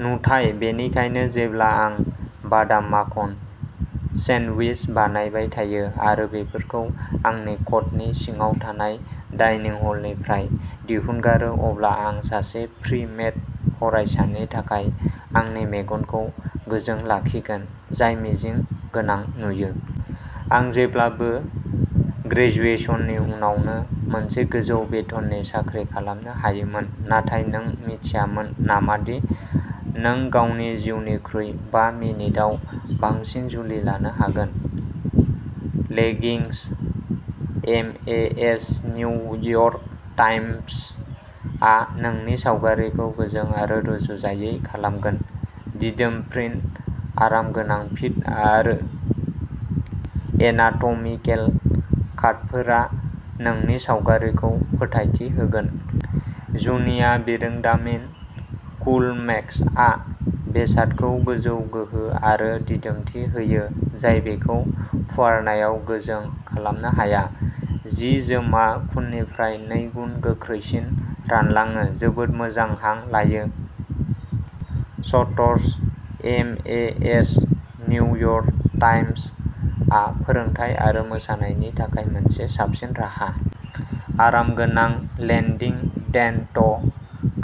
नुथाय। बेनिखायनो जेब्ला आं बादाम माखन सेन्डविच बानायबाय थायो आरो बेफोरखौ आंनि कटनि सिङाव थानाय डाइनिं हलनिफ्राय दिहुनगारो अब्ला आं सासे प्रि मेड फरायसानि थाखाय आंनि मेगनखौ गोजों लाखिगोन जाय मिजिं गोनां नुयो। आं जेब्लाबो ग्रेजुएशननि उनावनो मोनसे गोजौ बेथननि साख्रि खालामनो हायोमोन नाथाय नों मिथियामोन नामा दि नों गावनि जिउनिख्रुइ बा मिनिटआव बांसिन जुलि लानो हागोन? Leggings MAS New York Times आ नोंनि सावगारिखौ गोजों आरो रुजुजायै खालामगोन दिदोम प्रिन्ट आरामगोनां फिट आरो एनाटमिकेल काटफोरा नोंनि सावगारिखौ फोथायथि होगोन। जुनिया बिरोंदामिन कुलमेक्सआ बेसादखौ गोजौ गोहो आरो दिदोमथि होयो जाय बेखौ फुवारनायाव गोजों खालामनो हाया। जि जोमआ खुननिख्रुइ नै गुन गोख्रैसिन रानलाङो जोबोद मोजां हां लायो। Shirts MAS New York Times आ फोरोंथाय आरो मोसानायनि थाखाय मोनसे साबसिन राहा। आरामगोनां लेन्दिं डेन्ट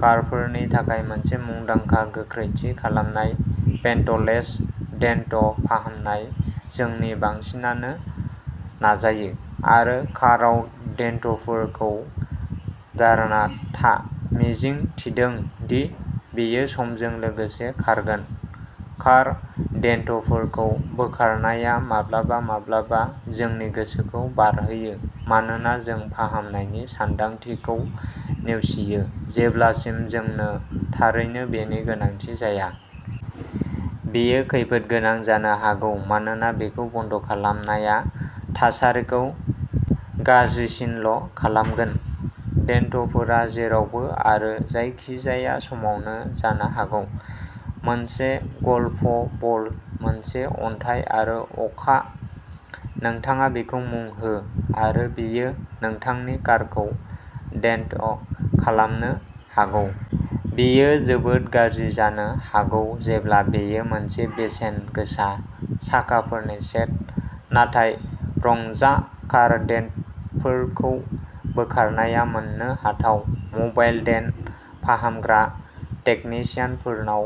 कारफोरनि थाखाय मोनसे मुंदांखा गोख्रै थि खालामनाय पेन्टलेस डेन्ट फाहामनाय जोंनि बांसिनानो नाजायो। आरो काराव डेन्टफोरखौ दारना था मिजिं थिदों दि बेयो समजों लोगोसे खारगोन। कार डेन्टफोरखौ बोखारनाया माब्लाबा-माब्लाबा जोंनि गोसोखौ बारहोयो मानोना जों फाहामनायनि सानदांथिखौ नेवसियो जेब्लासिम जोंनो थारैनो बेनि गोनांथि जाया। बेयो खैफोदगोनां जानो हागौ मानोना बेखौ बन्द खालामनाया थासारिखौ गाज्रिसिनल'खालामगोन। डेन्टफोरा जेरावबो आरो जायखिजाया समावनो जानो हागौ। मोनसे गल्फ बल मोनसे अन्थाइ आरो अखा नोंथाङा बेखौ मुं हो आरो बेयो नोंथांनि कारखौ डेन्ट खालामनो हागौ! बेयो जोबोद गाज्रि जानो हागौ जेब्ला बेयो मोनसे बेसेन गोसा साखाफोरनि सेट। नाथाय रंजाह कार डेन्टफोरखौ बोखारनाया मोननो हाथाव, मबाइल डेन्ट फाहामग्रा टेकनिशियानफोरनाव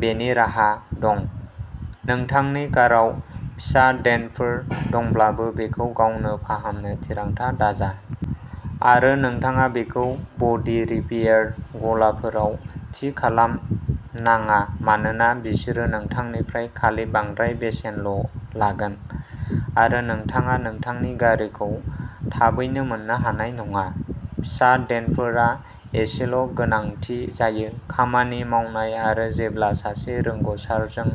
बेनि राहा दं। नोंथांनि काराव फिसा डेन्टफोर दंब्लाबो बेखौ गावनो फाहामनो थिरांथा दाजा। आरो नोंथाङा बेखौ बडी रिपेयार गलाफोराव थि खालाम नाङा मानोना बिसोरो नोंथांनिफ्राय खालि बांद्राय बेसेनल'लागोन आरो नोंथाङा नोंथांनि गारिखौ थाबैनो मोननो हानाय नङा। फिसा डेन्टफोरा एसेल'गोनांथि जायो। खामानि मावनाय आरो जेब्ला सासे रोंग'सारजों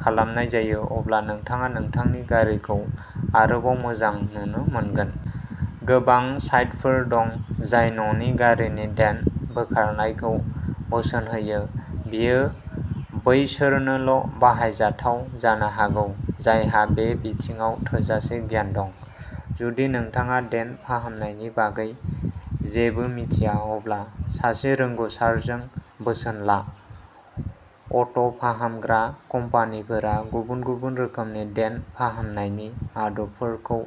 खालामनाय जायो, अब्ला नोंथाङा नोंथांनि गारिखौ आरोबाव मोजां नुनो मोनगोन। गोबां साइटफोर दं जाय न'नि गारिनि डेन्ट बोखारनायखौ बोसोन होयो, बेयो बैसोरनोल'बाहायजाथाव जानो हागौ जायहा बे बिथिङाव थोजासे गियान दं। जुदि नोंथाङा डेन्ट फाहामनायनि बागै जेबो मिथिया अब्ला सासे रोंग'सारजों बोसोन ला। अट'फाहामग्रा कम्पानिफोरा गुबुन-गुबुन रोखोमनि डेन्ट फाहामनायनि आदबफोरखौ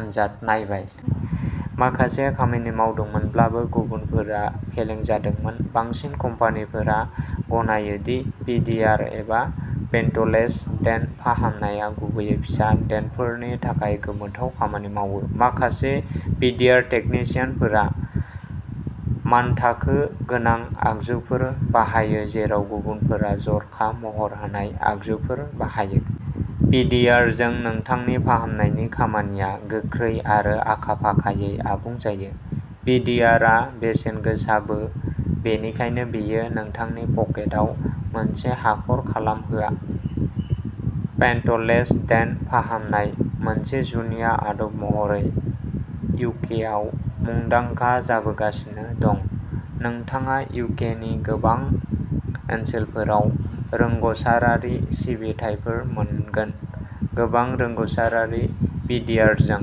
आनजाद नायबाय। माखासेया खामानि मावदोंमोनब्लाबो, गुबुनफोरा फेलें जादोंमोन। बांसिन कम्पानिफोरा गनायो दि पिडिआर एबा पेन्टलेस डेन्ट फाहामनाया गुबैयै फिसा डेन्टफोरनि थाखाय गोमोथाव खामानि मावो। माखासे पिडिआर टेकनिशियानफोरा मानथाखो गोनां आगजुफोर बाहायो जेराव गुबुनफोरा जर'खा महर होनाय आगजुफोर बाहायो। पिडिआरजों नोंथांनि फाहामनायनि खामानिया गोख्रै आरो आखा फाखायै आबुं जायो। पिडिआरआ बेसेनगोसाबो बेनिखायनो बेयो नोंथांनि पकेटआव मोनसे हाखर खामहोआ। पेन्टलेस डेन्ट फाहामनाय, मोनसे जुनिया आदब महरै इउकेआव मुंदांखा जाबोगासिनो दं। नोंथाङा इउकेनि गोबां ओनसोलफोराव रोंग'सारारि सिबिथाइफोर मोनगोन। गोबां रोंग'सारारि पिडिआरजों।